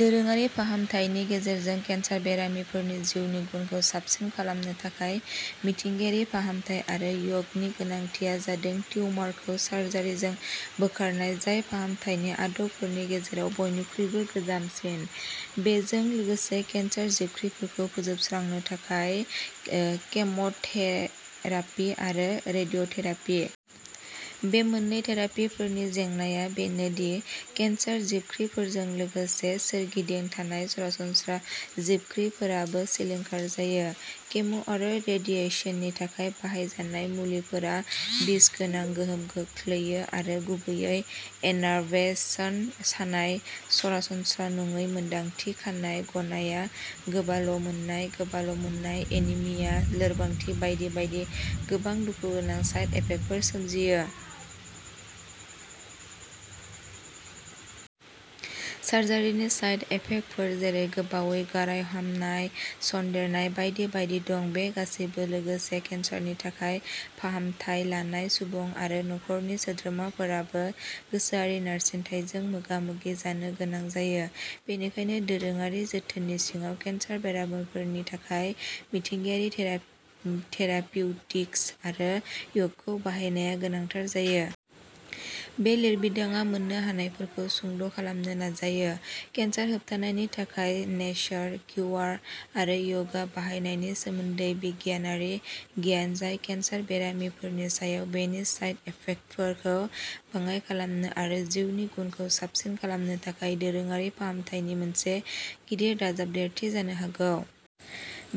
दोरोङारि फाहामथायनि गेजेरजों केन्सार बेरामिफोरनि जिउनि गुनखौ साबसिन खालामनो थाखाय मिथिंगायारि फाहामथाय आरो य'गनि गोनांथिया जादों टिउमारखौ सार्जारिजों बोखारनाय जाय फाहामथायनि आदबफोरनि गेजेराव बयनिख्रुइबो गोजामसिन। बेजों लोगोसे केन्सार जिबख्रिफोरखौ फोजोबस्रांनो थाखाय केम'थेरापि आरो रेडिय'थेरापि। बे मोन्नै थेरापिफोरनि जेंनाआ बेनो दि केन्सार जिबख्रिफोरजों लोगोसे सोरगिदिं थानाय सरासनस्रा जिबख्रिफोराबो सिलिंखार जायो। केम'आरो रेडिएसननि थाखाय बाहायजानाय मुलिफोरा बिसगोनां गोहोम खोख्लैयो आरो गुबैयै एनार्भेसन सानाय सरासनस्रा नङै मोन्दांथि खानाय गनाया गोबाल'मोननाय गोबाल'मोननाय एनिमिया लोरबांथि बायदि बायदि गोबां दुखुगोनां साइड इफेक्टफोर सोमजियो। सार्जारिनि साइड इफेक्टफोर जेरै गोबावै गाराय हामनाय सन्देरनाय बायदि बायदि दं। बे गासैजों लोगोसे केन्सारनि थाखाय फाहामथाय लानाय सुबुं आरो नखरनि सोद्रोमाफोराबो गोसोआरि नारसिनथायजों मोगा मोगि जानो गोनां जायो। बेनिखायनो दोरोङारि जोथोननि सिङाव केन्सार बेरामिफोरनि थाखाय मिथिंगायारि थेरा थेरापिउटिक्स आरो य'गखौ बाहायनाया गोनांथार जायो। बे लिरबिदांआ मोन्नो हानायफोरखौ सुंद'खालामनो नाजायो। केन्सार होबथानायनि थाखाय नेचार किउयार आरो यगा बाहायनायनि सोमोन्दै बिगियानारि गियान जाय केन्सार बेरामिफोरनि सायाव बेनि साइड इफेक्टफोरखौ बाङाइ खालामनो आरो जिउनि गुनखौ साबसिन खालामनो थाखाय दोरोङारि फाहामथायनि मोनसे गिदिर दाजाबदेरथि जानो हागौ।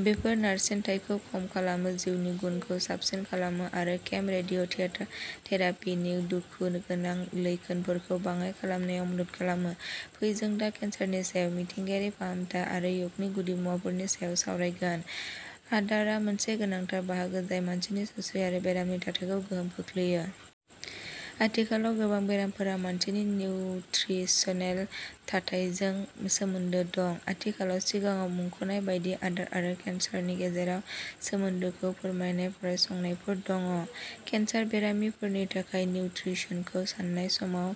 बेफोर नारसिनथायखौ खम खालामो जिउनि गुनखौ साबसिन खालामो आरो केम रेडिय'थेरापिनि दुखुगोनां लैखोनफोरखौ बाङाइ खालामनायाव मदद खालामो। फै जों दा केन्सारनि सायाव मिथिंगायारि फाहामथाय आरो य'गनि गुदिमुवाफोरनि सायाव सावरायगोन। आदारा मोनसे गोनांथार बाहागो जाय मानसिनि सावस्रि आरो बेरामनि थाथायखौ गोहोम खोख्लैयो। आथिखालाव गोबां बेरामफोरा मानसिनि निउत्रिसनेल थाथायजों सोमोन्दो दं। आथिखालाव सिगाङाव मुंख'नाय बायदि आदार आरो केन्सारनि गेजेराव सोमोन्दोखौ फोरमायनाय फरायसंनायफोर दङ। केन्सार बेरामिफोरनि थाखाय निउत्रिसनखौ सान्नाय समाव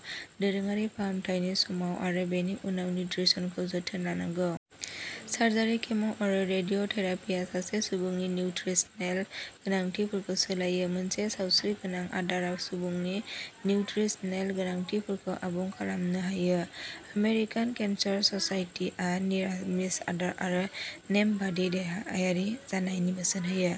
दोरोङारि फाहामथायनि समाव आरो बेनि उनाव निउत्रिसनखौ जोथोन लानांगौ। सार्जारि केम'आरो रेडिय'थेरापिआ सासे सुबुंनि निउत्रिसनेल गोनांथिफोरखौ सोलायो। मोनसे सावस्रिगोनां आदारा सुबुंनि निउत्रिसनेल गोनांथिफोरखौ आबुं खालामनो हायो। आमेरिकान केन्सार ससाइटिआ निरामिस आदार आरो नेमबादि देहायारि जानायनि बोसोन होयो।